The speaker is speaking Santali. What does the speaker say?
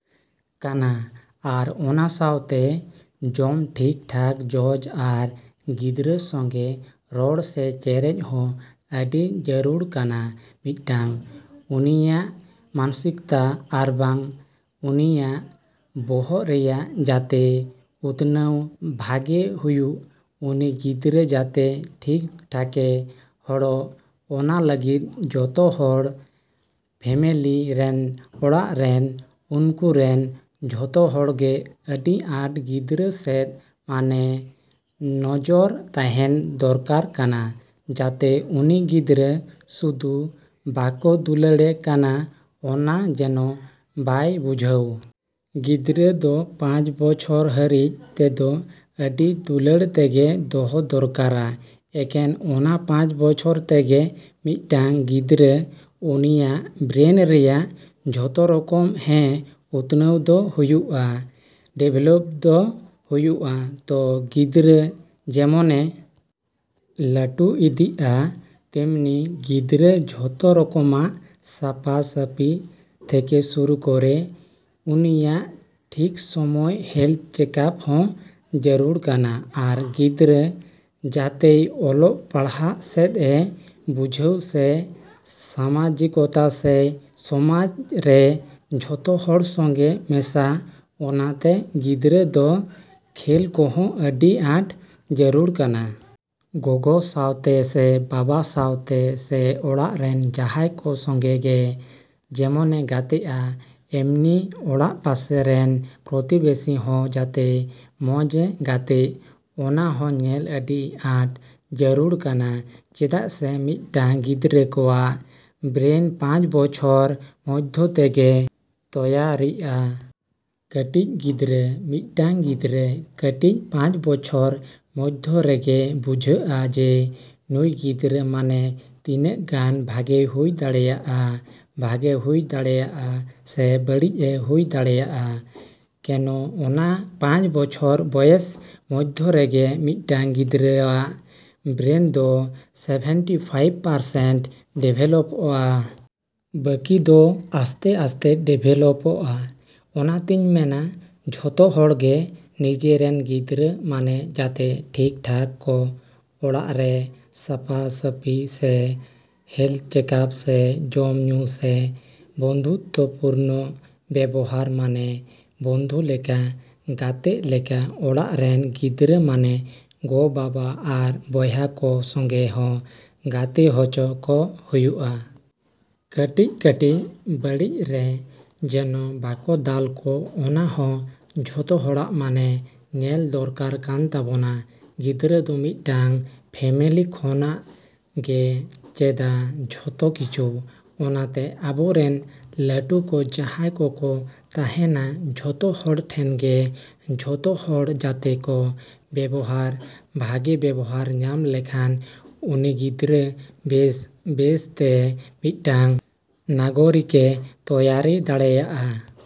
ᱠᱟᱱᱟ᱾ ᱟᱨ ᱚᱱᱟ ᱥᱟᱶᱛᱮ ᱡᱚᱢ ᱴᱷᱤᱠ ᱴᱷᱟᱠ ᱡᱚᱡ ᱟᱨ ᱜᱤᱫᱽᱨᱟᱹ ᱥᱚᱸᱜᱮ ᱨᱚᱲ ᱥᱮ ᱪᱮᱨᱮᱡ ᱦᱚᱸ ᱟᱹᱰᱤ ᱡᱟᱹᱨᱩᱲ ᱠᱟᱱᱟ ᱢᱤᱫᱴᱟᱹᱝ, ᱩᱱᱤᱭᱟᱜ ᱢᱟᱱᱚᱥᱤᱠᱛᱟ ᱟᱨᱵᱟᱝ ᱩᱱᱤᱭᱟᱜ ᱵᱚᱦᱚᱜ ᱨᱮᱭᱟᱜ ᱡᱟᱛᱮ ᱩᱛᱱᱟᱹᱣ ᱵᱷᱟᱜᱮ ᱦᱩᱭᱩᱜ, ᱩᱱᱤ ᱜᱤᱫᱽᱨᱟᱹ ᱡᱟᱛᱮ ᱴᱷᱤᱠ ᱴᱷᱟᱠᱮ ᱦᱚᱲᱚᱜ, ᱚᱱᱟ ᱞᱟᱹᱜᱤᱫ ᱡᱚᱛᱚ ᱦᱚᱲ ᱯᱷᱮᱢᱮᱞᱤ ᱨᱮᱱ, ᱚᱲᱟᱜ ᱨᱮᱱ ᱩᱱᱠᱩ ᱨᱮᱱ ᱡᱷᱚᱛᱚ ᱦᱚᱲ ᱜᱮ ᱟᱹᱰᱤ ᱟᱸᱴ ᱜᱤᱫᱽᱨᱟᱹ ᱥᱮᱫ ᱢᱟᱱᱮ ᱱᱚᱡᱚᱨ ᱛᱟᱦᱮᱱ ᱫᱚᱨᱠᱟᱨ ᱠᱟᱱᱟ ᱡᱟᱛᱮ ᱩᱱᱤ ᱜᱤᱫᱽᱨᱟᱹ ᱥᱩᱫᱩ ᱵᱟᱠᱚ ᱫᱩᱞᱟᱹᱲᱮ ᱠᱟᱱᱟ ᱚᱱᱟ ᱡᱮᱱᱚ ᱵᱟᱭ ᱵᱩᱡᱷᱟᱹᱣ᱾ ᱜᱤᱫᱽᱨᱟᱹ ᱫᱚ ᱯᱟᱸᱪ ᱵᱚᱪᱷᱚᱨ ᱦᱟᱹᱨᱤᱡ ᱛᱮᱫᱚ ᱟᱹᱰᱤ ᱫᱩᱞᱟᱹᱲ ᱛᱮᱜᱮ ᱫᱚᱦᱚ ᱫᱚᱨᱠᱟᱨᱟ, ᱮᱠᱮᱱ ᱚᱱᱟ ᱯᱟᱸᱪ ᱵᱚᱪᱷᱚᱨ ᱛᱮᱜᱮ ᱢᱤᱫᱴᱟᱹᱝ ᱜᱤᱫᱽᱨᱟᱹ ᱩᱱᱤᱭᱟᱜ ᱵᱨᱮᱱ ᱨᱮᱭᱟᱜ ᱡᱷᱚᱛᱚ ᱨᱚᱠᱚᱢ ᱦᱮᱸ ᱩᱛᱱᱟᱹᱣ ᱫᱚ ᱦᱩᱭᱩᱜᱼᱟ, ᱰᱮᱵᱷᱮᱞᱚᱯ ᱫᱚ ᱦᱩᱭᱩᱜᱼᱟ᱾ ᱛᱚ ᱜᱤᱫᱽᱨᱟᱹ ᱡᱮᱢᱚᱱᱮ ᱞᱟᱹᱴᱩ ᱤᱫᱤᱜᱼᱟ ᱛᱮᱢᱱᱤ ᱜᱤᱫᱽᱨᱟᱹ ᱡᱷᱚᱛᱚ ᱨᱚᱠᱚᱢᱟᱜ ᱥᱟᱯᱟ ᱥᱟᱯᱤ ᱛᱷᱮᱠᱮ ᱥᱩᱨᱩ ᱠᱚᱨᱮ ᱩᱱᱤᱭᱟᱜ ᱴᱷᱤᱠ ᱥᱚᱢᱚᱭ ᱦᱮᱞᱛᱷ ᱪᱮᱠᱟᱯ ᱦᱚᱸ ᱡᱟᱹᱨᱩᱲ ᱠᱟᱱᱟ ᱟᱨ ᱜᱤᱫᱽᱨᱟᱹ ᱡᱟᱛᱮᱭ ᱚᱞᱚᱜ ᱯᱟᱲᱦᱟᱜ ᱥᱮᱫ ᱮ ᱵᱩᱡᱷᱟᱹᱣ ᱥᱮ ᱥᱟᱢᱟᱡᱤᱠᱚᱛᱟ ᱥᱮ ᱥᱚᱢᱟᱡᱽ ᱨᱮ ᱡᱷᱚᱛᱚ ᱦᱚᱲ ᱥᱚᱸᱜᱮ ᱢᱮᱥᱟ, ᱚᱱᱟ ᱛᱮ ᱜᱤᱫᱽᱨᱟᱹ ᱫᱚ ᱠᱷᱮᱞ ᱠᱚᱦᱚᱸ ᱟᱹᱰᱤ ᱟᱸᱴ ᱡᱟᱹᱨᱩᱲ ᱠᱟᱱᱟ᱾ ᱜᱚᱜᱚ ᱥᱟᱶᱛᱮ ᱥᱮ ᱵᱟᱵᱟ ᱥᱟᱶᱛᱮ ᱥᱮ ᱚᱲᱟᱜ ᱨᱮᱱ ᱡᱟᱦᱟᱸᱭ ᱠᱚ ᱥᱚᱸᱜᱮ ᱜᱮ ᱡᱮᱢᱚᱱᱮ ᱜᱟᱛᱮᱜᱼᱟ, ᱮᱢᱱᱤ ᱚᱲᱟᱜ ᱯᱟᱥᱮ ᱨᱮᱱ ᱯᱨᱚᱛᱤᱵᱮᱥᱤ ᱦᱚᱸ ᱡᱟᱛᱮ ᱢᱚᱡᱽ ᱮ ᱜᱟᱛᱮᱜ, ᱚᱱᱟ ᱦᱚᱸ ᱧᱮᱞ ᱟᱹᱰᱤ ᱟᱸᱴ ᱡᱟᱹᱨᱩᱲ ᱠᱟᱱᱟ, ᱪᱮᱫᱟᱜ ᱥᱮ ᱢᱤᱫᱴᱟᱹᱝ ᱜᱤᱫᱽᱨᱟᱹ ᱠᱚᱣᱟᱜ ᱵᱨᱮᱱ ᱯᱟᱸᱪ ᱵᱚᱪᱷᱚᱨ ᱢᱚᱫᱷᱭᱚ ᱛᱮᱜᱮ ᱛᱚᱭᱟᱨᱤᱜᱼᱟ᱾ ᱠᱟᱹᱴᱤᱡ ᱜᱤᱫᱽᱨᱟᱹ, ᱢᱤᱫᱴᱟᱹᱝ ᱜᱤᱫᱽᱨᱟᱹ ᱠᱟᱹᱴᱤᱡ ᱯᱟᱸᱪ ᱵᱚᱪᱷᱚᱨ ᱢᱚᱫᱷᱭᱚ ᱨᱮᱜᱮ ᱵᱩᱡᱷᱟᱹᱜᱼᱟ ᱡᱮ ᱱᱩᱭ ᱜᱤᱫᱽᱨᱟᱹ ᱢᱟᱱᱮ ᱛᱤᱱᱟᱹᱜ ᱜᱟᱱ ᱵᱷᱟᱜᱮᱭ ᱦᱩᱭ ᱫᱟᱲᱮᱭᱟᱜᱼᱟ᱾ ᱵᱷᱟᱜᱮ ᱦᱩᱭ ᱫᱟᱲᱮᱭᱟᱜᱼᱟ ᱥᱮ ᱵᱟᱹᱲᱤᱡ ᱮ ᱦᱩᱭ ᱫᱟᱲᱮᱭᱟᱜᱼᱟ᱾ ᱠᱮᱱᱚ ᱚᱱᱟ ᱯᱟᱸᱪ ᱵᱚᱪᱷᱚᱨ ᱵᱚᱭᱮᱥ ᱢᱚᱫᱷᱭᱚ ᱨᱮᱜᱮ ᱢᱤᱫᱴᱟᱹᱝ ᱜᱤᱫᱽᱨᱟᱹᱣᱟᱜ ᱵᱨᱮᱱ ᱫᱚ ᱥᱮᱵᱷᱮᱱᱴᱤ ᱯᱷᱟᱭᱤᱵᱽ ᱯᱟᱨᱥᱮᱱᱴ ᱰᱮᱵᱷᱮᱞᱚᱯᱚᱜᱼᱟ᱾ ᱵᱟᱠᱤ ᱫᱚ ᱟᱥᱛᱮᱼᱟᱥᱛᱮ ᱰᱮᱵᱷᱮᱞᱚᱯᱚᱜᱼᱟ, ᱚᱱᱟᱛᱮᱧ ᱢᱮᱱᱟ ᱡᱷᱚᱛᱚ ᱦᱚᱲ ᱜᱮ ᱱᱤᱡᱮᱨᱮᱱ ᱜᱤᱫᱽᱨᱟᱹ ᱢᱟᱱᱮ ᱡᱟᱛᱮ ᱴᱷᱤᱠ ᱴᱷᱟᱠ ᱠᱚ ᱚᱲᱟᱜ ᱨᱮ ᱥᱟᱯᱟ ᱥᱟᱯᱤ ᱥᱮ ᱦᱮᱞᱛᱷ ᱪᱮᱠᱟᱯ ᱥᱮ ᱡᱚᱢ ᱧᱩ ᱥᱮ ᱵᱚᱱᱫᱷᱩᱛᱛᱚ ᱯᱩᱨᱱᱚ ᱵᱮᱵᱚᱦᱟᱨ ᱢᱟᱱᱮ ᱵᱚᱱᱫᱷᱩ ᱞᱮᱠᱟ, ᱜᱟᱛᱮᱜ ᱞᱮᱠᱟ ᱚᱲᱟᱜ ᱨᱮᱱ ᱜᱤᱫᱽᱨᱟᱹ ᱢᱟᱱᱮ ᱜᱚ ᱵᱟᱵᱟ ᱟᱨ ᱵᱚᱭᱦᱟ ᱠᱚ ᱥᱚᱸᱜᱮ ᱦᱚᱸ ᱜᱟᱛᱮ ᱦᱚᱪᱚ ᱠᱚ ᱦᱩᱭᱩᱜᱼᱟ᱾ ᱠᱟᱹᱴᱤᱡᱼᱠᱟᱹᱴᱤᱡ ᱵᱟᱹᱲᱤᱡ ᱨᱮ ᱡᱮᱱᱚ ᱵᱟᱠᱚ ᱫᱟᱞ ᱠᱚ ᱚᱱᱟ ᱦᱚᱸ ᱡᱷᱚᱛᱚ ᱦᱚᱲᱟᱜ ᱢᱟᱱᱮ, ᱧᱮᱞ ᱫᱚᱨᱠᱟᱨ ᱠᱟᱱ ᱛᱟᱵᱚᱱᱟ, ᱜᱤᱫᱽᱨᱟᱹ ᱫᱚ ᱢᱤᱫᱴᱟᱹᱝ ᱯᱷᱮᱢᱮᱞᱤ ᱠᱷᱚᱱᱟᱜ ᱜᱮ ᱪᱮᱫᱟ ᱡᱚᱛᱚ ᱠᱤᱪᱷᱩ, ᱚᱱᱟ ᱛᱮ ᱟᱵᱚ ᱨᱮᱱ ᱞᱟᱹᱴᱩ ᱠᱚ ᱡᱟᱦᱟᱸᱭ ᱠᱚᱠᱚ ᱛᱟᱦᱮᱱᱟ ᱡᱷᱚᱛᱚ ᱦᱚᱲ ᱴᱷᱮᱱ ᱜᱮ ᱡᱷᱚᱛᱚ ᱦᱚᱲ ᱡᱟᱛᱮ ᱠᱚ ᱵᱮᱵᱚᱦᱟᱨ, ᱵᱷᱟᱜᱮ ᱵᱮᱵᱚᱦᱟᱨᱮ ᱧᱟᱢ ᱞᱮᱠᱷᱟᱱ ᱩᱱᱤ ᱜᱤᱫᱽᱨᱟᱹ ᱵᱮᱥ, ᱵᱮᱥ ᱛᱮ ᱢᱤᱫᱴᱟᱹᱝ ᱱᱟᱜᱚᱨᱤᱠᱮ ᱛᱚᱭᱟᱨᱤ ᱫᱟᱲᱮᱭᱟᱜᱼᱟ᱾